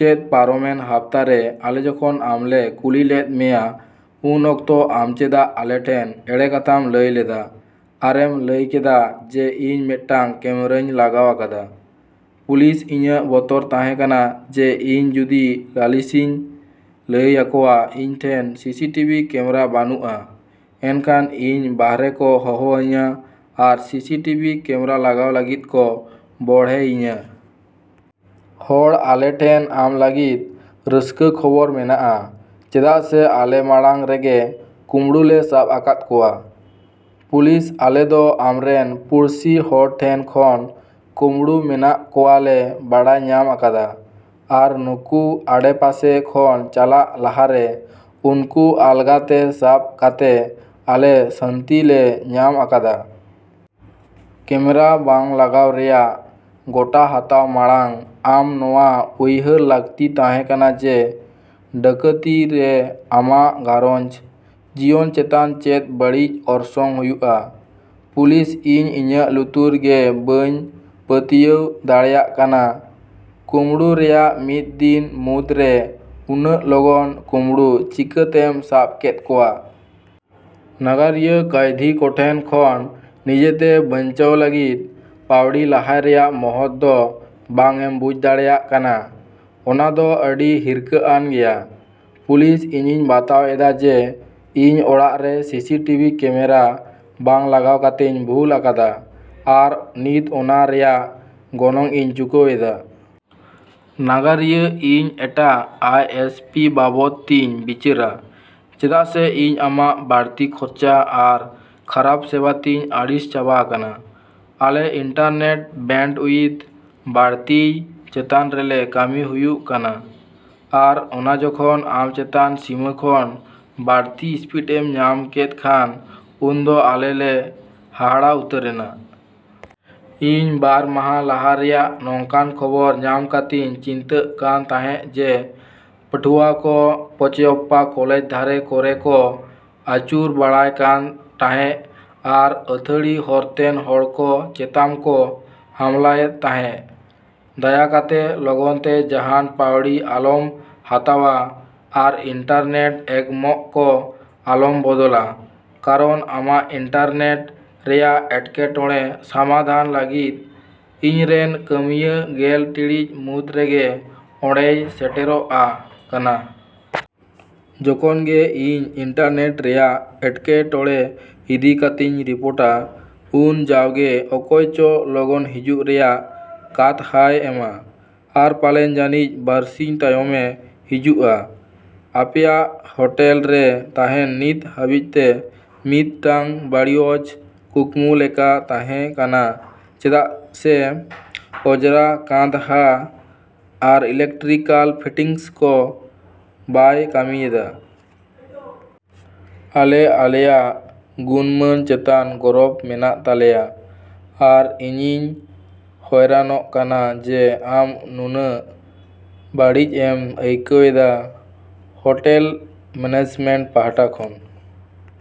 ᱪᱮᱫ ᱯᱟᱨᱚᱢᱮᱱ ᱦᱟᱯᱛᱟ ᱨᱮ ᱟᱞᱮ ᱡᱚᱠᱷᱚᱱ ᱟᱢᱞᱮ ᱠᱩᱞᱤ ᱞᱮᱫ ᱢᱮᱭᱟ ᱩᱱ ᱚᱠᱛᱚ ᱟᱢ ᱪᱮᱫᱟᱜ ᱟᱞᱮᱴᱷᱮᱱ ᱮᱲᱮ ᱠᱟᱛᱷᱟᱢ ᱞᱟᱹᱭ ᱞᱮᱫᱟ ᱟᱨᱮᱢ ᱞᱟᱹᱭ ᱠᱮᱫᱟ ᱡᱮ ᱤᱧ ᱢᱤᱫᱴᱟᱝ ᱠᱮᱢᱨᱟᱹᱧ ᱞᱟᱜᱟᱣ ᱟᱠᱟᱫᱟ? ᱯᱩᱞᱤᱥ ᱤᱧᱟᱹᱜ ᱵᱚᱛᱚᱨ ᱛᱟᱦᱮᱸᱠᱟᱱᱟ ᱡᱮ ᱤᱧ ᱡᱩᱫᱤ ᱞᱟᱞᱤᱥᱤᱧ ᱞᱟᱹᱭ ᱟᱠᱚᱣᱟ ᱤᱧ ᱴᱷᱮᱱ ᱥᱤᱥᱤ ᱴᱤᱵᱷᱤ ᱠᱮᱢᱨᱟ ᱵᱟᱹᱱᱩᱜᱼᱟ ᱮᱱᱠᱷᱟᱱ ᱤᱧ ᱵᱟᱨᱦᱮ ᱠᱚ ᱦᱚᱦᱚ ᱟᱹᱧᱟᱹ ᱟᱨ ᱥᱤᱥᱤ ᱴᱤᱵᱤ ᱠᱮᱢᱮᱨᱟ ᱞᱟᱜᱟᱣ ᱞᱟᱹᱜᱤᱫ ᱠᱚ ᱵᱚᱲᱦᱮᱭᱤᱧᱟᱹ᱾ ᱦᱚᱲ ᱟᱞᱮ ᱴᱷᱮᱱ ᱟᱢ ᱞᱟᱹᱜᱤᱫ ᱨᱟᱹᱥᱠᱟᱹ ᱠᱷᱚᱵᱚᱨ ᱢᱮᱱᱟᱜᱼᱟ ᱪᱮᱫᱟᱜ ᱥᱮ ᱟᱞᱮ ᱢᱟᱲᱟᱝ ᱨᱮᱜᱮ ᱠᱩᱢᱲᱩ ᱞᱮ ᱥᱟᱵ ᱟᱠᱟᱫ ᱠᱚᱣᱟ,᱾ ᱯᱩᱞᱤᱥ ᱟᱞᱮ ᱫᱚ ᱟᱢᱨᱮᱱ ᱯᱩᱲᱥᱤ ᱦᱚᱲ ᱴᱷᱮᱱ ᱠᱷᱚᱱ ᱠᱩᱢᱲᱩ ᱢᱮᱱᱟᱜ ᱠᱚᱣᱟᱜ ᱞᱮ ᱵᱟᱰᱟᱭ ᱧᱟᱢ ᱟᱠᱟᱫᱟ ᱟᱨ ᱩᱱᱠᱩ ᱟᱰᱮᱯᱟᱥᱮ ᱠᱷᱚᱱ ᱪᱟᱞᱟᱜ ᱞᱟᱦᱟᱨᱮ ᱩᱱᱠᱩ ᱟᱞᱜᱟ ᱛᱮ ᱥᱟᱵ ᱠᱟᱛᱮᱜ ᱟᱞᱮ ᱥᱟᱹᱱᱛᱤ ᱞᱮ ᱧᱟᱢ ᱟᱠᱟᱫᱟ᱾ ᱠᱮᱢᱮᱨᱟ ᱵᱟᱝ ᱞᱟᱜᱟᱣ ᱨᱮᱭᱟᱜ ᱜᱚᱴᱟ ᱦᱟᱛᱟᱣ ᱢᱟᱲᱟᱝ ᱟᱢ ᱱᱚᱣᱟ ᱩᱭᱦᱟᱹᱨ ᱞᱟᱹᱠᱛᱤ ᱛᱟᱦᱮᱸᱠᱟᱱᱟ ᱡᱮ, ᱰᱟᱹᱠᱟᱹᱛᱤ ᱨᱮ ᱟᱢᱟᱜ ᱜᱷᱟᱨᱚᱸᱡᱽ ᱡᱤᱭᱚᱱ ᱪᱮᱛᱟᱱ ᱪᱮᱫ ᱵᱟᱹᱲᱤᱡ ᱚᱨᱥᱚᱝ ᱦᱩᱭᱩᱜᱼᱟ᱾ ᱯᱩᱞᱤᱥ ᱤᱧ ᱤᱧᱟᱹᱜ ᱞᱩᱛᱩᱨ ᱜᱮ ᱵᱟᱹᱧ ᱯᱟᱹᱛᱭᱟᱹᱣ ᱫᱟᱲᱮᱭᱟᱜ ᱠᱟᱱᱟ᱾ ᱠᱩᱢᱲᱩ ᱨᱮᱭᱟᱜ ᱢᱤᱫ ᱫᱤᱱ ᱢᱩᱫᱽ ᱨᱮ ᱩᱱᱟᱹᱜ ᱞᱚᱜᱚᱱ ᱠᱩᱢᱲᱩ ᱪᱤᱠᱟᱹᱛᱮᱢ ᱥᱟᱵ ᱠᱮᱫ ᱠᱚᱣᱟ? ᱱᱟᱜᱟᱨᱤᱭᱟᱹ ᱠᱟᱹᱭᱫᱷᱤ ᱠᱚ ᱴᱷᱮᱱ ᱠᱷᱚᱱ ᱱᱤᱡᱮᱛᱮ ᱵᱟᱹᱧᱪᱟᱣ ᱞᱟᱹᱜᱤᱫ ᱯᱟᱣᱲᱤ ᱞᱟᱦᱟᱭ ᱨᱮᱭᱟᱜ ᱢᱚᱦᱚᱛ ᱫᱚ ᱵᱟᱝ ᱮᱢ ᱵᱩᱡ ᱫᱟᱲᱮᱭᱟᱜ ᱠᱟᱱᱟ ᱚᱱᱟ ᱫᱚ ᱟᱹᱰᱤ ᱦᱤᱨᱠᱷᱟᱹ ᱟᱱ ᱜᱮᱭᱟ᱾ ᱯᱩᱞᱤᱥ ᱤᱧᱤᱧ ᱵᱟᱛᱟᱣ ᱮᱫᱟ ᱡᱮ ᱤᱧ ᱚᱲᱟᱜ ᱨᱮ ᱥᱤ ᱥᱤ ᱴᱤᱵᱷᱤ ᱠᱮᱢᱮᱨᱟ ᱵᱟᱝ ᱞᱟᱜᱟᱣ ᱠᱟᱛᱮᱧ ᱵᱷᱩᱞ ᱟᱠᱟᱫᱟ ᱟᱨ ᱱᱤᱛ ᱚᱱᱟ ᱨᱮᱭᱟᱜ ᱜᱚᱱᱚᱝ ᱤᱧ ᱪᱩᱠᱟᱹᱣ ᱮᱫᱟ᱾ ᱱᱟᱜᱟᱨᱤᱭᱟᱹ ᱤᱧ ᱮᱴᱟᱜ ᱟᱭ ᱮᱥ ᱯᱤ ᱵᱟᱵᱚᱫ ᱛᱤᱧ ᱵᱤᱪᱟᱹᱨᱟ ᱪᱮᱫᱟᱜ ᱥᱮ ᱤᱧ ᱟᱢᱟᱜ ᱵᱟᱹᱲᱛᱤ ᱠᱷᱚᱨᱪᱟ ᱟᱨ ᱠᱷᱟᱨᱟᱵ ᱥᱮᱵᱟ ᱛᱤᱧ ᱟᱹᱲᱤᱥ ᱪᱟᱵᱟ ᱟᱠᱟᱱᱟ᱾ ᱟᱞᱮ ᱤᱱᱴᱟᱨᱱᱮᱴ ᱵᱮᱱᱰ ᱩᱭᱤᱛᱷ ᱵᱟᱹᱲᱛᱤᱭ ᱪᱮᱛᱟᱱ ᱨᱮᱞᱮ ᱠᱟᱹᱢᱤ ᱦᱩᱭᱩᱜ ᱠᱟᱱᱟ ᱟᱨ ᱡᱚᱠᱷᱚᱱ ᱟᱢ ᱪᱮᱛᱟᱱ ᱥᱤᱢᱟᱹ ᱠᱷᱚᱱ ᱵᱟᱹᱲᱛᱤ ᱥᱯᱤᱰ ᱮᱢ ᱧᱟᱢ ᱠᱮᱫ ᱠᱷᱟᱱ, ᱩᱱᱫᱚ ᱟᱞᱮ ᱞᱮ ᱦᱟᱦᱟᱲᱟ ᱩᱛᱟᱹᱨᱮᱱᱟ᱾ ᱤᱧ ᱵᱟᱨ ᱢᱟᱦᱟ ᱞᱟᱦᱟ ᱨᱮᱭᱟᱜ ᱱᱚᱝᱠᱟᱱ ᱠᱷᱚᱵᱚᱨ ᱧᱟᱢ ᱠᱟᱛᱤᱧ ᱪᱤᱱᱛᱟᱹᱜ ᱠᱟᱱ ᱛᱟᱦᱮᱸᱜ ᱡᱮ ᱯᱟᱹᱴᱷᱣᱟᱹ ᱠᱚ ᱯᱚᱪᱮᱭᱚᱯᱯᱟ ᱠᱚᱞᱮᱡᱽ ᱫᱷᱟᱨᱮ ᱠᱚᱨᱮ ᱠᱚ ᱟᱹᱪᱩᱨ ᱵᱟᱲᱟᱭ ᱠᱟᱱ ᱴᱟᱦᱮᱸᱜ ᱟᱨ ᱟᱹᱛᱷᱟᱹᱲᱤ ᱦᱚᱨᱛᱮᱱ ᱦᱚᱲᱠᱚ ᱪᱮᱛᱟᱢᱠᱚ ᱦᱟᱢᱞᱟᱭᱮᱫ ᱛᱟᱦᱮᱸᱜ᱾ ᱫᱟᱭᱟ ᱠᱟᱛᱮ ᱞᱚᱜᱚᱱᱛᱮ ᱡᱟᱦᱟᱱ ᱯᱟᱹᱣᱲᱤ ᱟᱞᱚᱢ ᱦᱟᱛᱟᱣᱟ ᱟᱨ ᱤᱱᱴᱟᱨᱱᱮᱴ ᱮᱜᱽᱢᱚᱜᱠᱚ ᱟᱞᱚᱢ ᱵᱚᱫᱚᱞᱟ ᱠᱟᱨᱚᱱ ᱟᱢᱟᱜ ᱤᱱᱴᱟᱨᱱᱮᱴ ᱨᱮᱭᱟᱜ ᱮᱴᱠᱮᱴᱚᱲᱮ ᱥᱟᱢᱟᱫᱷᱟᱱ ᱞᱟᱹᱜᱤᱫ ᱤᱧᱨᱮᱱ ᱠᱟᱹᱢᱤᱭᱟᱹ ᱜᱮᱞ ᱴᱤᱲᱤᱡ ᱢᱩᱫᱽ ᱨᱮᱜᱮ ᱚᱸᱰᱮᱭ ᱥᱮᱴᱮᱨᱚᱜᱼᱟ ᱠᱟᱱᱟ᱾ ᱡᱚᱠᱷᱚᱱ ᱜᱮ ᱤᱧ ᱤᱱᱴᱟᱨᱱᱮᱴ ᱨᱮᱭᱟᱜ ᱮᱴᱠᱮᱴᱚᱲᱮ ᱤᱫᱤ ᱠᱟᱛᱮᱧ ᱨᱤᱯᱳᱴᱟ ᱩᱱ ᱡᱟᱣᱜᱮ ᱚᱠᱚᱭᱪᱚ ᱞᱚᱜᱚᱱ ᱦᱤᱡᱩᱜ ᱨᱮᱭᱟᱜ ᱠᱟᱛᱦᱟᱭ ᱮᱢᱟ ᱟᱨ ᱯᱟᱞᱮᱱ ᱡᱟᱹᱱᱤᱡ ᱵᱟᱹᱨᱥᱤᱧ ᱛᱟᱭᱚᱢᱮ ᱦᱤᱡᱩᱜᱼᱟ᱾ ᱟᱯᱮᱭᱟᱜ ᱦᱳᱴᱮᱞ ᱨᱮ ᱛᱟᱦᱮᱱ ᱱᱤᱛ ᱦᱟᱹᱵᱤᱡᱛᱮ ᱢᱤᱫᱴᱟᱝ ᱵᱟᱹᱲᱤᱚᱡ ᱠᱩᱠᱢᱩ ᱞᱮᱠᱟ ᱛᱟᱦᱮᱸᱠᱟᱱᱟ ᱪᱮᱫᱟᱜ ᱥᱮ ᱚᱡᱨᱟ ᱠᱟᱸᱫᱦᱟ ᱟᱨ ᱤᱞᱮᱠᱴᱨᱤᱠᱟᱞ ᱯᱷᱤᱴᱤᱝᱥ ᱠᱚ ᱵᱟᱭ ᱠᱟᱹᱢᱤᱭᱮᱫᱟ᱾ ᱟᱞᱮ ᱟᱞᱮᱭᱟ ᱜᱩᱱᱢᱟᱹᱱ ᱪᱮᱛᱟᱱ ᱜᱚᱨᱚᱵ ᱢᱮᱱᱟᱜ ᱛᱟᱞᱮᱭᱟ ᱟᱨ ᱤᱧᱤᱧ ᱦᱚᱭᱨᱟᱱᱚᱜ ᱠᱟᱱᱟ ᱡᱮ ᱟᱢ ᱱᱩᱱᱟᱹᱜ ᱵᱟᱹᱲᱤᱡ ᱮᱢ ᱟᱹᱭᱠᱟᱹᱣ ᱮᱫᱟ᱾ ᱦᱳᱴᱮᱞ ᱢᱮᱱᱮᱡᱢᱮᱱᱴ ᱯᱟᱦᱟᱴᱟ ᱠᱷᱚᱱ,